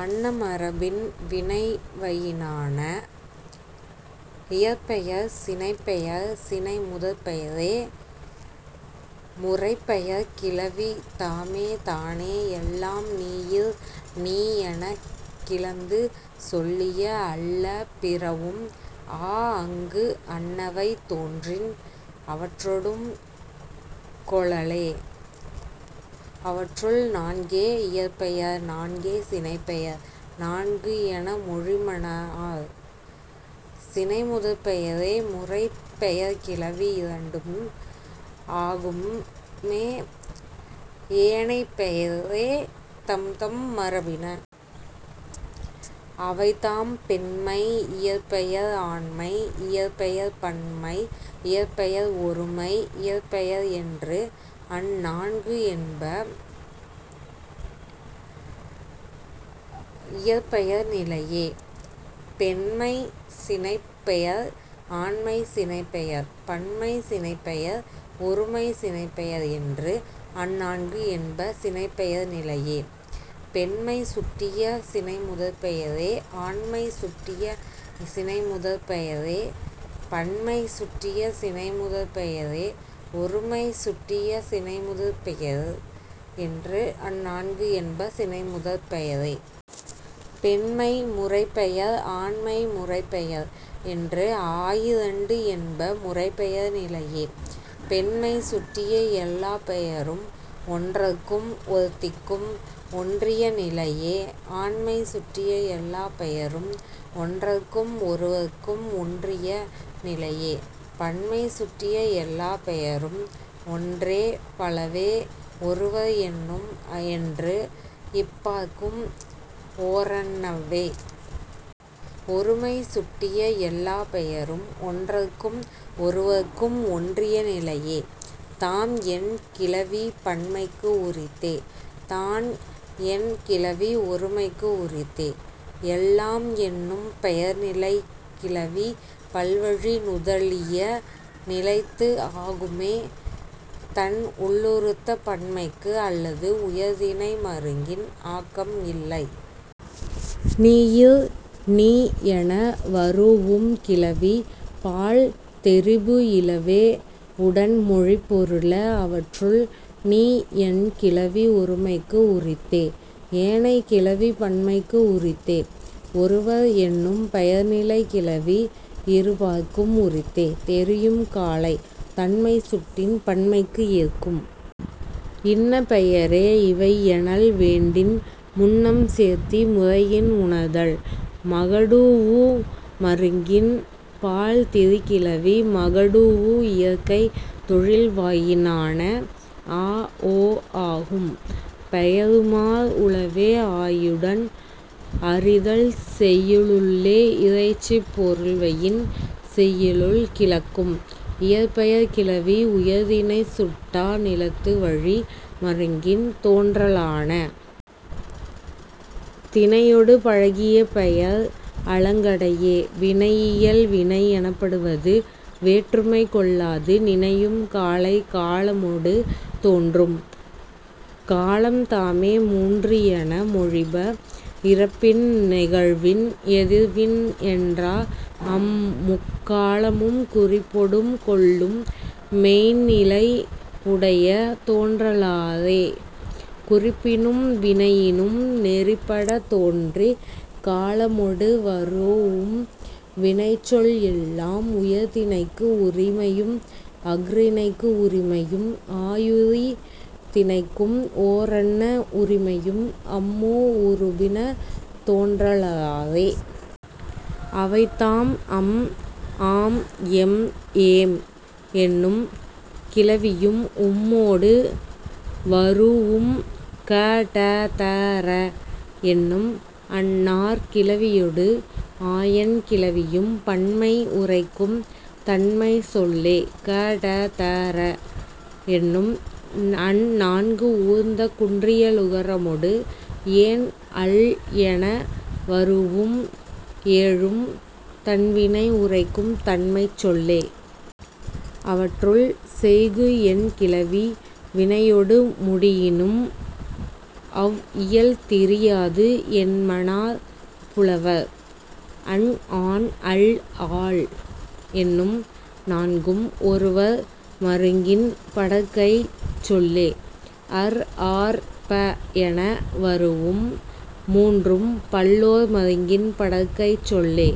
அன்ன மரபின் வினைவயினான. இயற்பெயர் சினைப்பெயர் சினைமுதற்பெயரே முறைப்பெயர்க் கிளவி தாமே தானே எல்லாம் நீயிர் நீ எனக் கிளந்து சொல்லிய அல்ல பிறவும் ஆஅங்கு அன்னவை தோன்றின் அவற்றொடும் கொளலே. அவற்றுள், நான்கே இயற்பெயர் நான்கே சினைப்பெயர் நான்கு என மொழிமனார் சினைமுதற்பெயரே முறைப்பெயர்க் கிளவி இரண்டு ஆகும்மே ஏனைப் பெயரே தம்தம் மரபின. அவைதாம், பெண்மை இயற்பெயர் ஆண்மை இயற்பெயர் பன்மை இயற்பெயர் ஒருமை இயற்பெயர் என்று அந் நான்கு என்ப இயற்பெயர் நிலையே. பெண்மைச் சினைப்பெயர் ஆண்மைச் சினைப்பெயர் பன்மைச் சினைப்பெயர் ஒருமைச் சினைப்பெயர் என்று அந் நான்கு என்ப சினைப்பெயர் நிலையே. பெண்மை சுட்டிய சினைமுதற்பெயரே ஆண்மை சுட்டிய சினைமுதற்பெயரே பன்மை சுட்டிய சினைமுதற்பெயரே ஒருமை சுட்டிய சினைமுதற்பெயர் என்று அந் நான்கு என்ப சினைமுதற்பெயரே. பெண்மை முறைப்பெயர் ஆண்மை முறைப்பெயர் என்று ஆயிரண்டு என்ப முறைப்பெயர் நிலையே. பெண்மை சுட்டிய எல்லாப் பெயரும் ஒன்றற்கும் ஒருத்திக்கும் ஒன்றிய நிலையே. ஆண்மை சுட்டிய எல்லாப் பெயரும் ஒன்றற்கும் ஒருவற்கும் ஒன்றிய நிலையே. பன்மை சுட்டிய எல்லாப் பெயரும் ஒன்றே பலவே ஒருவர் என்னும் என்று இப் பாற்கும் ஓரன்னவ்வே. ஒருமை சுட்டிய எல்லாப் பெயரும் ஒன்றற்கும் ஒருவர்க்கும் ஒன்றிய நிலையே. தாம் என் கிளவி பன்மைக்கு உரித்தே. தான் என் கிளவி ஒருமைக்கு உரித்தே. எல்லாம் என்னும் பெயர்நிலைக் கிளவி பல்வழி நுதலிய நிலைத்து ஆகும்மே தன் உள்ளுறுத்த பன்மைக்கு அல்லது உயர்திணை மருங்கின் ஆக்கம் இல்லை. நீயிர் நீ என வரூஉம் கிளவி பால் தெரிபு இலவே உடன் மொழிப் பொருள. அவற்றுள், நீ என் கிளவி ஒருமைக்கு உரித்தே. ஏனைக் கிளவி பன்மைக்கு உரித்தே. ஒருவர் என்னும் பெயர்நிலைக் கிளவி இரு பாற்கும் உரித்தே தெரியும் காலை. தன்மை சுட்டின் பன்மைக்கு ஏற்கும். இன்ன பெயரே இவை எனல் வேண்டின் முன்னம் சேர்த்தி முறையின் உணர்தல். மகடூஉ மருங்கின் பால் திரி கிளவி மகடூஉ இயற்கை தொழில்வயினான. ஆ ஓ ஆகும் பெயருமார் உளவே ஆயிடன் அறிதல் செய்யுளுள்ளே. இறைச்சிப் பொருள்வயின் செய்யுளுள் கிளக்கும் இயற்பெயர்க் கிளவி உயர்திணை சுட்டா நிலத்துவழி மருங்கின் தோன்றலான. திணையொடு பழகிய பெயர் அலங்கடையே.. வினையியல் வினை எனப்படுவது வேற்றுமை கொள்ளாது நினையும் காலை காலமொடு தோன்றும். காலம்தாமே மூன்று என மொழிப. இறப்பின் நிகழ்வின் எதிர்வின் என்றா அம் முக் காலமும் குறிப்பொடும் கொள்ளும் மெய்ந் நிலை உடைய தோன்றலாறே. குறிப்பினும் வினையினும் நெறிப்படத் தோன்றிக் காலமொடு வரூஉம் வினைச்சொல் எல்லாம் உயர்திணைக்கு உரிமையும் அஃறிணைக்கு உரிமையும் ஆயிரு திணைக்கும் ஓரன்ன உரிமையும் அம் மூ உருபின தோன்றலாறே. அவைதாம், அம் ஆம் எம் ஏம் என்னும் கிளவியும் உம்மொடு வரூஉம் க ட த ற என்னும் அந் நாற் கிளவியொடு ஆயெண் கிளவியும் பன்மை உரைக்கும் தன்மைச் சொல்லே. க ட த ற என்னும் அந் நான்கு ஊர்ந்த குன்றியலுகரமொடு ஏன் அல் என வரூஉம் ஏழும் தன் வினை உரைக்கும் தன்மைச் சொல்லே. அவற்றுள், செய்கு என் கிளவி வினையொடு முடியினும் அவ் இயல் திரியாது என்மனார் புலவர். அன் ஆன் அள் ஆள் என்னும் நான்கும் ஒருவர் மருங்கின் படர்க்கைச் சொல்லே. அர் ஆர் ப என வரூஉம் மூன்றும் பல்லோர் மருங்கின் படர்க்கைச் சொல்லே.